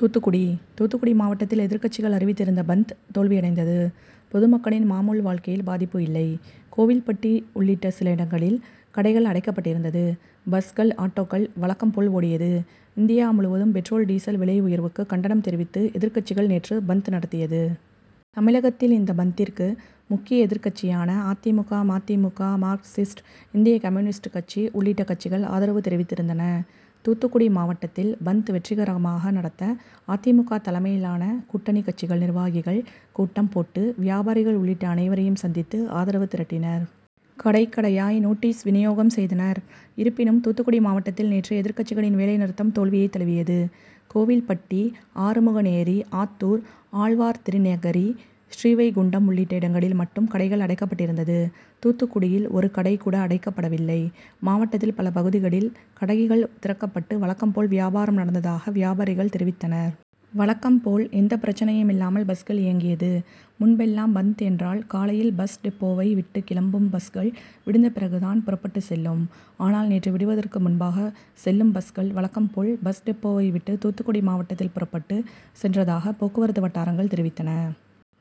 தூத்துக்குடி, தூத்துக்குடி மாவட்டத்தில் எதிர்கட்சிகள் அறிவித்திருந்த பந்த் தோல்வியடைந்தது. பொதுமக்களின் மாமூல் வாழ்க்கையில் பாதிப்பு இல்லை. கோவில்பட்டி உள்ளிட்ட சில இடங்களில் கடைகள் அடைக்கப்பட்டிருந்தது. பஸ்கள், ஆட்டோக்கள் வழக்கம் போல் ஓடியது. இந்தியா முழுவதும் பெட்ரோல், டீசல் விலை உயர்வுக்கு கண்டனம் தெரிவித்து எதிர்கட்சிகள் நேற்று பந்த் நடத்தியது. தமிழகத்தில் இந்த பந்த்திற்கு முக்கிய எதிர்கட்சியான அதிமுக, மதிமுக, மார்க்சிஸ்ட், இந்திய கம்யுனிஸ்ட் கட்சி உள்ளிட்ட கட்சிகள் ஆதரவு தெரிவித்திருந்தன. தூத்துக்குடி மாவட்டத்தில் பந்த் வெற்றிகரமாக நடத்த அதிமுக தலைமையிலான கூட்டணி கட்சிகள் நிர்வாகிகள் கூட்டம் போட்டு வியாபாரிகள் உள்ளிட்ட அனைவரையும் சந்தித்து ஆதரவு திரட்டினர். கடை, கடையாய் நோட்டீஸ் விநியோகம் செய்தனர். இருப்பினும் தூத்துக்குடி மாவட்டத்தில் நேற்று எதிர்கட்சிகளின் வேலைநிறுத்தம் தோல்வியை தழுவியது. கோவில்பட்டி, ஆறுமுகனேரி, ஆத்தூர், ஆழ்வார்திருநகரி, ஸ்ரீவைகுண்டம் உள்ளிட்ட இடங்களில் மட்டும் கடைகள் அடைக்கப்பட்டிருந்தது. தூத்துக்குடியில் ஒரு கடை கூட அடைக்கப்படவில்லை. மாவட்டத்தில் பல பகுதிகளில் கடைகள் திறக்கப்பட்டு வழக்கம் போல் வியாபாரம் நடந்ததாக வியாபாரிகள் தெரிவித்தனர். வழக்கம் போல் எந்த பிரச்னையும் இல்லாமல் பஸ்கள் இயங்கியது. முன்பெல்லாம் பந்த் என்றால் காலையில் பஸ் டெப்போவை விட்டு கிளம்பும் பஸ்கள் விடிந்த பிறகு தான் புறப்பட்டு செல்லும். ஆனால் நேற்று விடிவதற்கு முன்பாக செல்லும் பஸ்கள் வழக்கம் போல் பஸ் டெப்போவை விட்டு தூத்துக்குடி மாவட்டத்தில் புறப்பட்டு சென்றதாக போக்குவரத்து வட்டாரங்கள் தெரிவித்தன.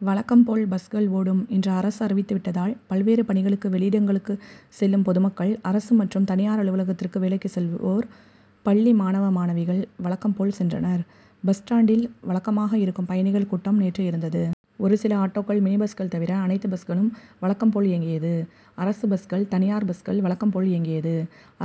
வழக்கம் போல் பஸ்கள் ஓடும் என்று அரசு அறிவித்து விட்டதால் பல்வேறு பணிகளுக்கு வெளியிடங்களுக்கு செல்லும் பொதுமக்கள், அரசு மற்றும் தனியார் அலுவலகத்திற்கு வேலைக்கு செல்வோர், பள்ளி மாணவ, மாணவிகள் வழக்கம் போல் சென்றனர். பஸ் ஸ்டாண்டில் வழக்கமாக இருக்கும் பயணிகள் கூட்டம் நேற்று இருந்தது. ஒரு சில ஆட்டோக்கள், மினி பஸ்கள் தவிர அனைத்து பஸ்களும் வழக்கம் போல் இயங்கியது. அரசு பஸ்கள், தனியார் பஸ்கள் வழக்கம் போல் இயங்கியது.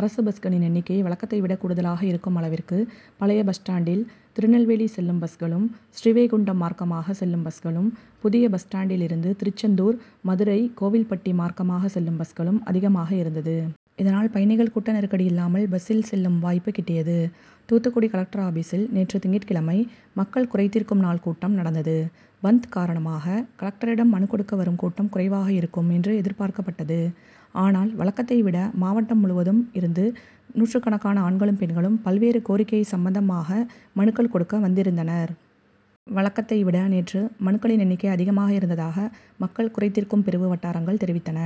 அரசு பஸ்களின் எண்ணிக்கை வழக்கத்தை விட கூடுதலாக இருக்கும் அளவிற்கு பழைய பஸ் ஸ்டாண்டில் திருநெல்வேலி செல்லும் பஸ்களும், ஸ்ரீவைகுண்டம் மார்க்கமாக செல்லும் பஸ்களும், புதிய பஸ் ஸ்டாண்டில் இருந்து திருச்செந்தூர், மதுரை, கோவில்பட்டி மார்க்கமாக செல்லும் பஸ்களும் அதிகமாக இருந்தது. இதனால் பயணிகள் கூட்ட நெருக்கடி இல்லாமல் பஸ்சில் செல்லும் வாய்ப்பு கிட்டியது. தூத்துக்குடி கலெக்டர் ஆபிசில் நேற்று திங்கட்கிழமை மக்கள் குறைதீர்க்கும் நாள் கூட்டம் நடந்தது. பந்த் காரணமாக கலெக்டரிடம் மனு கொடுக்க வரும் கூட்டம் குறைவாக இருக்கும் என்று எதிர்பார்க்கப்பட்டது. ஆனால் வழக்கத்தை விட மாவட்டம் முழுவதும் இருந்து நூற்றுக்கணக்கான ஆண்களும், பெண்களும் பல்வேறு கோரிக்கை சம்பந்தமாக மனுக்கள் கொடுக்க வந்திருந்தனர். வழக்கத்தை விட நேற்று மனுக்களின் எண்ணிக்கை அதிகமாக இருந்ததாக மக்கள் குறைதீர்க்கும் பிரிவு வட்டாரங்கள் தெரிவித்தன.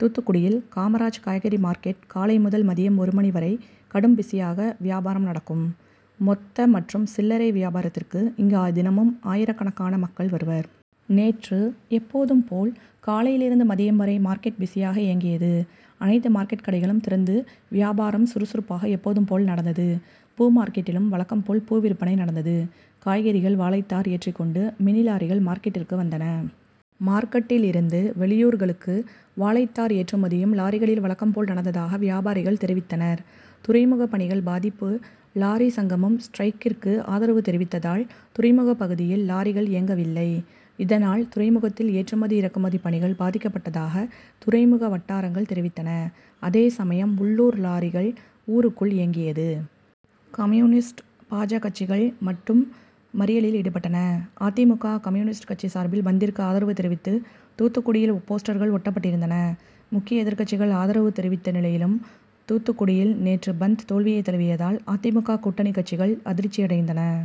தூத்துக்குடியில் காமராஜ் காய்கறி மார்கெட் காலை முதல் மதியம் ஒரு மணி வரை கடும் பிசியாக வியாபாரம் நடக்கும். மொத்த மற்றும் சில்லரை வியாபாரத்திற்கு இங்கு தினமும் ஆயிரக்கணக்கான மக்கள் வருவர். நேற்று எப்போதும் போல் காலையில் இருந்து மதியம் வரை மார்க்கெட் பிசியாக இயங்கியது. அனைத்து மார்க்கெட் கடைகளும் திறந்து வியபாரம் சுறுசுறுப்பாக எப்போதும் போல் நடந்தது. பூ மார்கெட்டிலும் வழக்கம் போல் பூ விற்பனை நடந்தது. காய்கறிகள், வாழைத்தார் ஏற்றிக் கொண்டு மினி லாரிகள் மார்கெட்டிற்கு வந்தன. மார்கெட்டில் இருந்து வெளியூர்களுக்கு வாழைத்தார் ஏற்றுமதியும் லாரிகளில் வழக்கம் போல் நடந்ததாக வியாபாரிகள் தெரிவித்தனர். துறைமுக பணிகள் பாதிப்பு லாரி சங்கமும் ஸ்டிரைக்கிற்கு ஆதரவு தெரிவித்ததால் துறைமுக பகுதியில் லாரிகள் இயங்கவில்லை. இதனால் துறைமுகத்தில் ஏற்றுமதி, இறக்குமதி பணிகள் பாதிக்கப்பட்டதாக துறைமுக வட்டாரங்கள் தெரிவித்தன. அதே சமயம் உள்ளூர் லாரிகள் ஊருக்குள் இயங்கியது. கம்யுனிஸ்ட், பா. ஜ கட்சிகள் மட்டும் மறியலில் ஈடுபட்டன. அதிமுக, கம்யுனிஸ்ட் கட்சி சார்பில் பந்த்திற்கு ஆதரவு தெரிவித்து தூத்துக்குடியில் போஸ்டர்கள் ஒட்டப்பட்டிருந்தன. முக்கிய எதிர்கட்சிகள் ஆதரவு தெரிவித்த நிலையிலும் தூத்துக்குடியில் நேற்று பந்த் தோல்வியை தழுவியதால் அதிமுக கூட்டணி கட்சிகள் அதிர்சியடைந்தன.